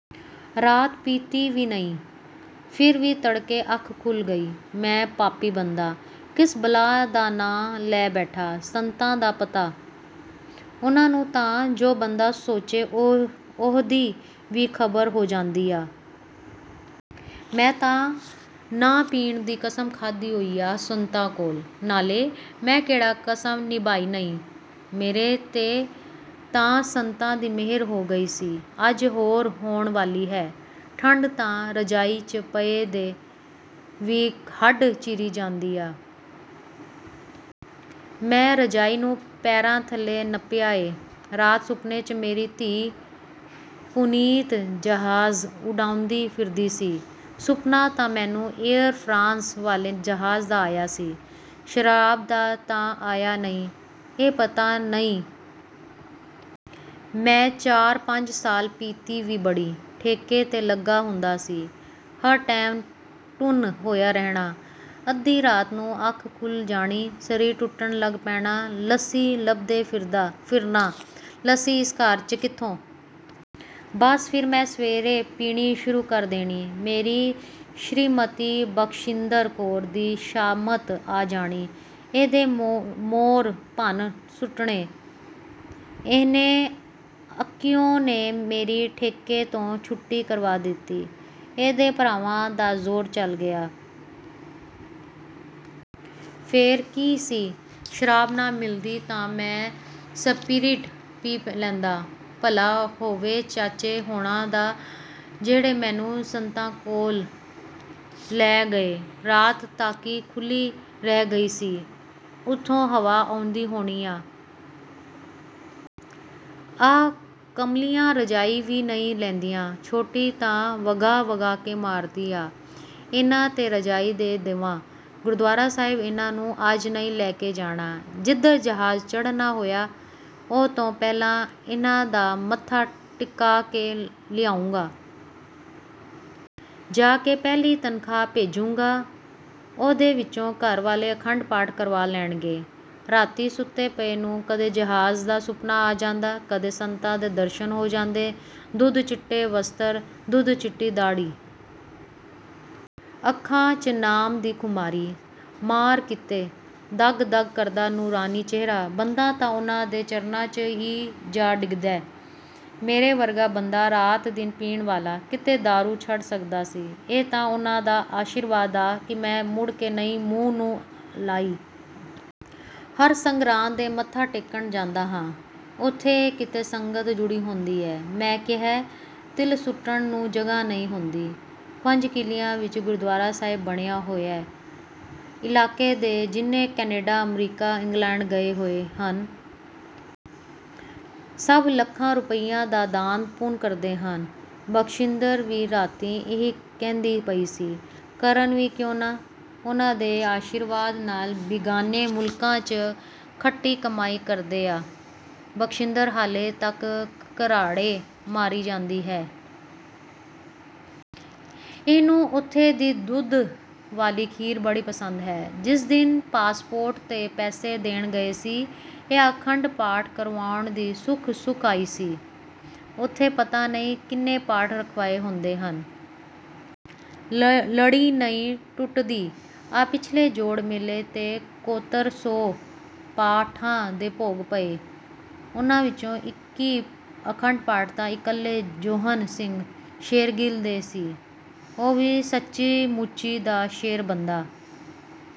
ਰਾਤ ਪੀਤੀ ਵੀ ਨਈਂ। ਫ਼ਿਰ ਵੀ ਤੜਕੇ ਅੱਖ ਖੁੱਲ੍ਹ ਗਈ। ਮੈਂ ਪਾਪੀ ਬੰਦਾ। ਕਿਸ ਬਲਾਅ ਦਾ ਨਾਂ ਲੈ ਬੈਠਾ। ਸੰਤਾਂ ਦਾ ਪਤਾ? ਉਨ੍ਹਾਂ ਨੂੰ ਤਾਂ, ਜੋ ਬੰਦਾ ਸੋਚੇ… ਉਹਦੀ ਵੀ ਖ਼ਬਰ ਹੋ ਜਾਂਦੀ ਆ। ਮੈਂ ਤਾਂ ਨਾ ਪੀਣ ਦੀ ਕਸਮ ਖਾਧੀ ਹੋਈ ਆ, ਸੰਤਾਂ ਕੋਲ। ਨਾਲੇ ਮੈਂ ਕਿਹੜਾ ਕਸਮ ਨਿਭਾਈ ਨਈਂ। ਮੇਰੇ 'ਤੇ ਤਾਂ ਸੰਤਾਂ ਦੀ ਮਿਹਰ ਹੋ ਗਈ ਸੀ। ਅੱਜ ਹੋਰ ਹੋਣ ਵਾਲੀ ਹੈ। ਠੰਡ ਤਾਂ ਰਜਾਈ 'ਚ ਪਏ ਦੇ ਵੀ ਹੱਢ ਚੀਰੀ ਜਾਂਦੀ ਆ। ਮੈਂ ਰਜਾਈ ਨੂੰ ਪੈਰਾਂ ਥੱਲੇ ਨੱਪਿਆ ਏ। ਰਾਤ ਸੁਪਨੇ 'ਚ ਮੇਰੀ ਧੀ ਪੁਨੀਤ ਜਹਾਜ਼ ਉਡਾਉਂਦੀ ਫ਼ਿਰਦੀ ਸੀ। ਸੁਪਨਾ ਤਾਂ ਮੈਨੂੰ ਏਅਰ ਫਰਾਂਸ ਵਾਲੇ ਜਹਾਜ਼ ਦਾ ਆਇਆ ਸੀ। ਸ਼ਰਾਬ ਦਾ ਤਾਂ ਆਇਆ ਨਈਂ। ਇਹ ਪਤਾ ਨਈਂ—। ਮੈਂ ਚਾਰ-ਪੰਜ ਸਾਲ ਪੀਤੀ ਵੀ ਬੜੀ। ਠੇਕੇ 'ਤੇ ਲੱਗਾ ਹੁੰਦਾ ਸੀ। ਹਰ ਟੈਮ ਟੁੰਨ ਹੋਇਆ ਰਹਿਣਾ। ਅੱਧੀ ਰਾਤ ਨੂੰ ਅੱਖ ਖੁੱਲ੍ਹ ਜਾਣੀ। ਸਰੀਰ ਟੁੱਟਣ ਲੱਗ ਪੈਣਾ। ਲੱਸੀ ਲੱਭਦੇ ਫਿਂਰਦਾ ਫ਼ਿਰਨਾ। ਲੱਸੀ ਇਸ ਘਰ 'ਚ ਕਿਥੋਂ? ਬੱਸ ਫ਼ਿਰ ਮੈਂ ਸਵੇਰੇ ਪੀਣੀ ਸ਼ੁਰੂ ਕਰ ਦੇਣੀ। ਮੇਰੀ ਸ਼੍ਰੀਮਤੀ ਬਖਸ਼ਿੰਦਰ ਕੌਰ ਦੀ ਸ਼ਾਮਤ ਆ ਜਾਣੀ। ਇਹਦੇ ਮੌਰ ਭੰਨ ਸੁੱਟਣੇ। ਇਹਨੇ ਅੱਕੀਓ ਨੇ ਮੇਰੀ ਠੇਕੇ ਤੋਂ ਛੁੱਟੀ ਕਰਵਾ ਦਿੱਤੀ। ਇਹਦੇ ਭਰਾਵਾਂ ਦਾ ਜ਼ੋਰ ਚੱਲ ਗਿਆ। ਫ਼ੇਰ ਕੀ ਸੀ। ਸ਼ਰਾਬ ਨਾ ਮਿਲਦੀ ਤਾਂ ਮੈਂ ਸਪਿਰਿਟ ਪੀ ਲੈਂਦਾ। ਭਲਾ ਹੋਵੇ ਚਾਚੇ ਹੁਣਾਂ ਦਾ ਜਿਹੜੇ ਮੈਨੂੰ ਸੰਤਾਂ ਕੋਲ ਲੈ ਗਏ। ਰਾਤ ਤਾਕੀ ਖੁੱਲ੍ਹੀ ਰਹਿ ਗਈ ਸੀ। ਉਥੋਂ ਹਵਾ ਆਉਂਦੀ ਹੋਣੀ ਆ। ਆਹ ਕਮਲੀਆਂ ਰਜਾਈ ਵੀ ਨਈਂ ਲੈਂਦੀਆਂ। ਛੋਟੀ ਤਾਂ ਵਗਾਹ-ਵਗਾਹ ਕੇ ਮਾਰਦੀ ਆ।… ਇਨ੍ਹਾਂ 'ਤੇ ਰਜਾਈ ਦੇ ਦੇਵਾਂ। ਗੁਰਦੁਆਰਾ ਸਾਹਿਬ ਇਨ੍ਹਾਂ ਨੂੰ ਅੱਜ ਨਈਂ ਲੈ ਕੇ ਜਾਣਾ। ਜਿੱਦਣ ਜਹਾਜ਼ ਚੜ੍ਹਣਾ ਹੋਇਆ, ਉਹ ਤੋਂ ਪਹਿਲਾਂ ਇਨ੍ਹਾਂ ਦਾ ਮੱਥਾ ਟਿਕਾ ਕੇ ਲਿਆਊਗਾ। ਜਾ ਕੇ ਪਹਿਲੀ ਤਨਖ਼ਾਹ ਭੇਜੂੰਗਾ। ਉਹਦੇ ਵਿੱਚੋਂ ਘਰ ਵਾਲੇ ਅਖੰਡ ਪਾਠ ਕਰਵਾ ਲੈਣਗੇ। ਰਾਤੀਂ ਸੁੱਤੇ ਪਏ ਨੂੰ ਕਦੇ ਜਹਾਜ਼ ਦਾ ਸੁਪਨਾ ਆ ਜਾਂਦਾ, ਕਦੇ ਸੰਤਾਂ ਦੇ ਦਰਸ਼ਨ ਹੋ ਜਾਂਦੇ। ਦੁੱਧ ਚਿੱਟੇ ਵਸਤਰ, ਦੁੱਧ ਚਿੱਟੀ ਦਾੜ੍ਹੀ। ਅੱਖਾਂ 'ਚ ਨਾਮ ਦੀ ਖੁਮਾਰੀ। ਮਾਅਰ ਕਿਤੇ… ਦੱਗ-ਦੱਗ ਕਰਦਾ ਨੂਰਾਨੀ ਚਿਹਰਾ। ਬੰਦਾ ਤਾਂ ਉਨ੍ਹਾਂ ਦੇ ਚਰਨਾਂ 'ਚ ਈ ਜਾ ਡਿਗਦੈ। ਮੇਰੇ ਵਰਗਾ ਬੰਦਾ, ਰਾਤ ਦਿਨ ਪੀਣ ਵਾਲਾ, ਕਿਤੇ ਦਾਰੂ ਛੱਡ ਸਕਦਾ ਸੀ? ਇਹ ਤਾਂ ਉਨ੍ਹਾਂ ਦਾ ਆਸ਼ੀਰਵਾਦ ਆ ਕਿ ਮੈਂ ਮੁੜ ਕੇ ਨਈਂ ਮੂੰਹ ਨੂੰ ਲਾਈ। ਹਰ ਸੰਗਰਾਂਦ 'ਤੇ ਮੱਥਾ ਟੇਕਣ ਜਾਂਦਾ ਹਾਂ। ਉੱਥੇ ਕਿਤੇ ਸੰਗਤ ਜੁੜੀ ਹੁੰਦੀ ਹੈ! ਮੈਂ ਕਿਹੈ… ਤਿਲ ਸੁੱਟਣ ਨੂੰ ਜਗ੍ਹਾ ਨਈਂ ਹੁੰਦੀ। ਪੰਜ ਕਿੱਲਿਆਂ ਵਿੱਚ ਗੁਰਦੁਆਰਾ ਸਾਹਿਬ ਬਣਿਆ ਹੋਇਆ। ਇਲਾਕੇ ਦੇ ਜਿੰਨੇ ਕਨੈਡਾ ਅਮਰੀਕਾ ਇੰਗਲੈਂਡ ਗਏ ਹੋਏ ਹਨ। ਸੱਭ ਲੱਖਾਂ ਰੁਪਈਆਂ ਦਾ ਦਾਨ ਪੁੰਨ ਕਰਦੇ ਹਨ। ਬਖਸ਼ਿੰਦਰ ਵੀ ਰਾਤੀਂ ਇਹੀ ਕਹਿੰਦੀ ਪਈ ਸੀ। "ਕਰਨ ਵੀ ਕਿਉਂ ਨਾ। ਉਨ੍ਹਾਂ ਦੇ ਆਸ਼ੀਰਵਾਦ ਨਾਲ ਬਿਗਾਨੇ ਮੁਲਕਾਂ 'ਚ ਖੱਟੀ ਕਮਾਈ ਕਰਦੇ ਆ। " ਬਖਸ਼ਿੰਦਰ ਹਾਲੇ ਤੱਕ ਘਰਾੜੇ ਮਾਰੀ ਜਾਂਦੀ ਹੈ। ਇਹਨੂੰ ਉੱਥੇ ਦੀ ਦੁੱਧ ਵਾਲੀ ਖੀਰ ਬੜੀ ਪਸੰਦ ਹੈ। ਜਿਸ ਦਿਨ ਪਾਸਪੋਰਟ ਤੇ ਪੈਸੇ ਦੇਣ ਗਏ ਸੀ। ਇਹ ਅਖੰਡ ਪਾਠ ਕਰਵਾਉਣ ਦੀ ਸੁੱਖ ਸੁਖ ਆਈ ਸੀ। ਉਥੇ ਪਤਾ ਨਈਂ ਕਿੰਨੇ ਪਾਠ ਰਖਵਾਏ ਹੁੰਦੇ ਹਨ। ਲੜੀ ਨਈਂ ਟੱੁਟਦੀ। ਆ ਪਿੱਛਲੇ ਜੋੜ ਮੇਲੇ 'ਤੇ ਕੋਤਰ ਸੌ ਪਾਠਾਂ ਦੇ ਭੋਗ ਪਏ। ਉਨ੍ਹਾਂ ਵਿੱਚੋਂ ਇੱਕੀ ਅਖੰਡ ਪਾਠ ਤਾਂ ਇਕੱਲੇ ਜੌਹਨ ਸਿੰਘ ਸ਼ੇਰਗਿੱਲ ਦੇ ਸੀ। ਉਹ ਵੀ ਸੱਚੀਂ ਮੁੱਚੀਂ ਦਾ ਸ਼ੇਰ ਬੰਦਾ।